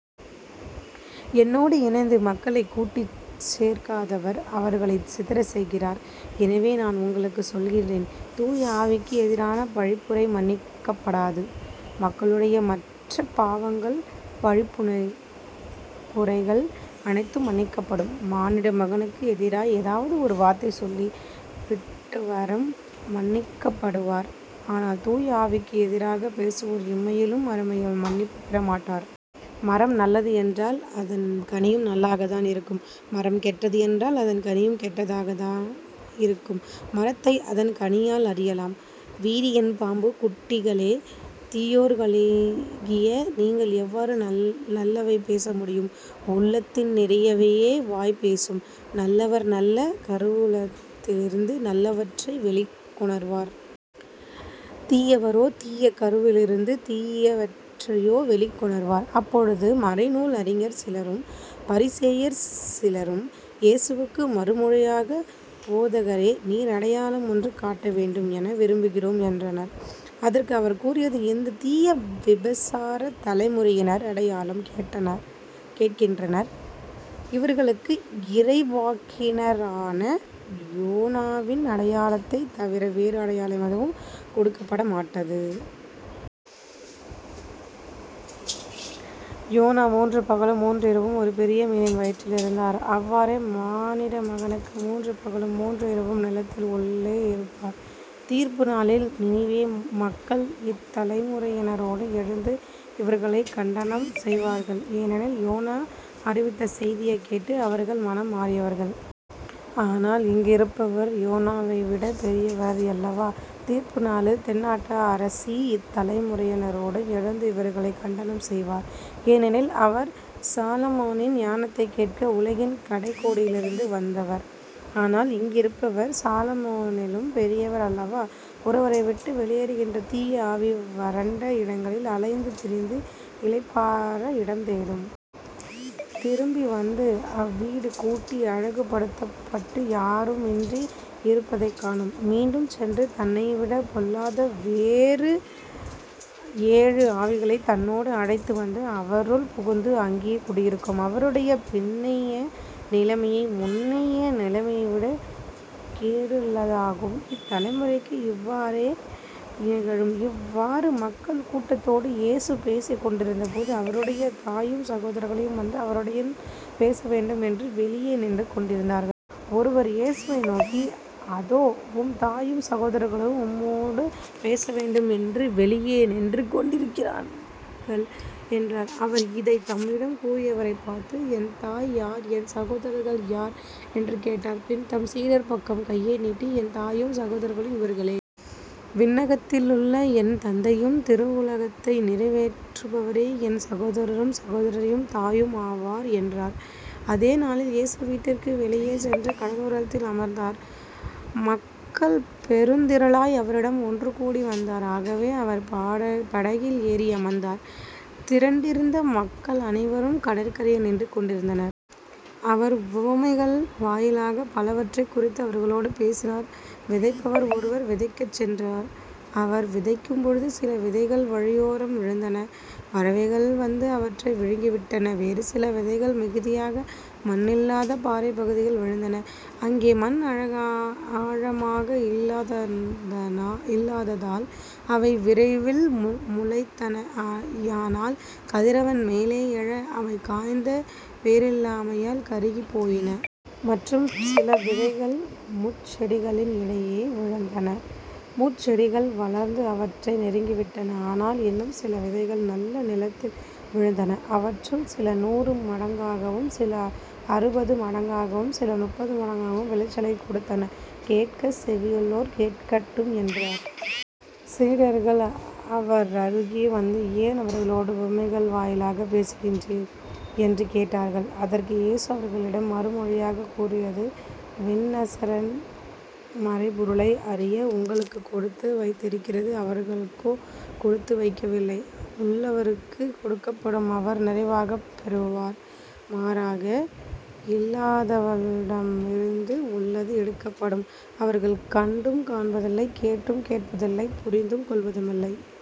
என்னோடு இணைந்து மக்களைக் கூட்டிச் சேர்க்காதவர் அவர்களைச் சிதறச் செய்கிறார். எனவே நான் உங்களுக்குச் சொல்கிறேன் தூய ஆவிக்கு எதிரான பழிப்புரை மன்னிக்கப்படாது. மக்களுடைய மற்றப் பாவங்கள் பழிப்புரைகள் அனைத்தும் மன்னிக்கப்படும். மானிட மகனுக்கு எதிராய் ஏதாவது ஒரு வார்த்தை சொல்லி விட்டவரும் மன்னிக்கப்படுவார். ஆனால் தூய ஆவிக்கு எதிராகப் பேசுவோர் இம்மையிலும் மறுமையிலும் மன்னிப்புப் பெற மாட்டார். மரம் நல்லது என்றால் அதன் கனியும் நல்லதாக இருக்கும். மரம் கெட்டது என்றால் அதன் கனியும் கெட்டதாக இருக்கும். மரத்தை அதன் கனியால் அறியலாம். விரியன் பாம்புக் குட்டிகளே தீயோர்களாகிய நீங்கள் எவ்வாறு நல்லவை பேச முடியும்? உள்ளத்தின் நிறைவையே வாய் பேசும். நல்லவர் நல்ல கருவூலத்திலிருந்து நல்லவற்றை வெளிக் கொணர்வார். தீயவரோ தீய கருவிலிருந்து தீயவற்றையோ வெளிக்கொணர்வர். அப்பொழுது மறைநூல் அறிஞர் சிலரும் பரிசேயர் சிலரும் இயேசுவுக்கு மறுமொழியாக போதகரே நீர் அடையாளம் ஒன்று காட்ட வேண்டும் என விரும்புகிறோம் என்றனர். அதற்கு அவர் கூறியது இந்தத் தீய விபசாரத் தலைமுறையினர் அடையாளம் கேட்கின்றனர். இவர்களுக்கு இறைவாக்கினரான யோனாவின் அடையாளத்தைத் தவிர வேறு அடையாளம் எதுவும் கொடுக்கப்பட மாட்டாது. யோனா மூன்று பகலும் மூன்று இரவும் ஒரு பெரிய மீனின் வயிற்றில் இருந்தார். அவ்வாறே மானிட மகனுக்கு மூன்று பகலும் மூன்று இரவும் நிலத்தின் உள்ளே இருப்பார். தீர்ப்பு நாளில் நினிவே மக்கள் இத்தலைமுறையினரோடு எழுந்து இவர்களைக் கண்டனம் செய்வார்கள். ஏனெனில் யோனா அறிவித்த செய்தியைக் கேட்டு அவர்கள் மனம் மாறியவர்கள். ஆனால் இங்கிருப்பவர் யோனாவைவிடப் பெரியவர் அல்லவா. தீர்ப்பு நாளில் தென்னாட்டு அரசி இத்தலைமுறையினரோடு எழுந்து இவர்களைக் கண்டனம் செய்வார். ஏனெனில் அவர் சாலமோனின் ஞானத்தைக் கேட்க உலகின் கடைக் கோடியிலிருந்து வந்தவர். ஆனால் இங்கிருப்பவர் சாலமோனிலும் பெரியவர் அல்லவா. ஒருவரைவிட்டு வெளியேறுகின்ற தீய ஆவி வறண்ட இடங்களில் அலைந்து திரிந்து இளைப்பாற இடம் தேடும். திரும்பி வந்து அவ்வீடு கூட்டி அழகுபடுத்தப்பட்டு யாருமின்றி இருப்பதைக் காணும். மீண்டும் சென்று தன்னைவிடப் பொல்லாத வேறு ஏழு ஆவிகளைத் தன்னோடு அழைத்து வந்து அவருள் புகுந்து அங்கே குடியிருக்கும். அவருடைய பின்னைய நிலைமை முன்னைய நிலைமையைவிடக் கேடுள்ளதாகும். இத்தலைமுறைக்கும் இவ்வாறே நிகழும். இவ்வாறு மக்கள் கூட்டத்தோடு இயேசு பேசிக் கொண்டிருந்த போது அவருடைய தாயும் சகோதரர்களும் வந்து அவருடன் பேச வேண்டும் என்று வெளியே நின்று கொண்டிருந்தார்கள். ஒருவர் இயேசுவை நோக்கி அதோ உம்தாயும் சகோதரர்களும் உம்மோடு பேச வேண்டும் என்று வெளியே நின்று கொண்டிருக்கின்றார்கள் என்றார். அவர், இதைத் தம்மிடம் கூறியவரைப் பார்த்து என் தாய் யார்? என் சகோதரர்கள் யார்? என்று கேட்டார். பின் தம் சீடர் பக்கம் கையை நீட்டி என் தாயும் சகோதரர்களும் இவர்களே. விண்ணகத்திலுள்ள என் தந்தையின் திருவுளகத்தை நிறைவேற்றுபவரே என் சகோதரரும் சகோதரியும் தாயும் ஆவார் என்றார். அதே நாளில் இயேசு வீட்டிற்கு வெளியே சென்று கடலோரத்தில் அமர்ந்தார். மக்கள் பெருந்திரளாய் அவரிடம் ஒன்றுகூடி வந்தனர். ஆகவே அவர் படகில் ஏறி அமர்ந்தார். திரண்டிருந்த மக்கள் அனைவரும் கடற்கரையில் நின்றுகொண்டிருந்தனர். அவர் உவமைகள் வாயிலாகப் பலவற்றைக் குறித்து அவர்களோடு பேசினார் விதைப்பவர் ஒருவர் விதைக்கச் சென்றார். அவர் விதைக்கும்பொழுது சில விதைகள் வழியோரம் விழுந்தன. பறவைகள் வந்து அவற்றை விழுங்கி விட்டன. வேறு சில விதைகள் மிகுதியாக மண் இல்லாதப் பாறைப் பகுதிகளில் விழுந்தன. அங்கே மண் ஆழமாக இல்லாததால் அவை விரைவில் முளைத்தன ஆனால் கதிரவன் மேலே எழ அவை காய்ந்து வேரில்லாமையால் கருகிப் போயின. மற்றும் சில விதைகள் முட்செடிகளின் இடையே விழுந்தன. முட்செடிகள் வளர்ந்து அவற்றை நெருங்கிவிட்டன. ஆனால் இன்னும் சில விதைகள் நல்ல நிலத்தில் விழுந்தன. அவற்றுள் சில நூறு மடங்காகவும் சில அறுபது மடங்காகவும் சில முப்பது மடங்காகவும் விளைச்சலைக் கொடுத்தன. கேட்கச் செவியுள்ளோர் கேட்கட்டும் என்றார். சீடர்கள் அவரருகே வந்து ஏன் அவர்களோடு உவமைகள் வாயிலாகப் பேசுகின்றீர்? என்று கேட்டார்கள். அதற்கு இயேசு அவர்களிடம் மறுமொழியாகக் கூறியது விண்அசரன் மறைபொருளை அறிய உங்களுக்குக் கொடுத்து வைத்திருக்கிறது அவர்களுக்கோ கொடுத்து வைக்கவில்லை. உள்ளவருக்குக் கொடுக்கப்படும் அவர் நிறைவாகப் பெறுவார். மாறாக இல்லாதவிடமிருந்து உள்ளதும் எடுக்கப்படும். அவர்கள் கண்டும் காண்பதில்லை கேட்டும் கேட்பதில்லை புரிந்து கொள்வதுமில்லை.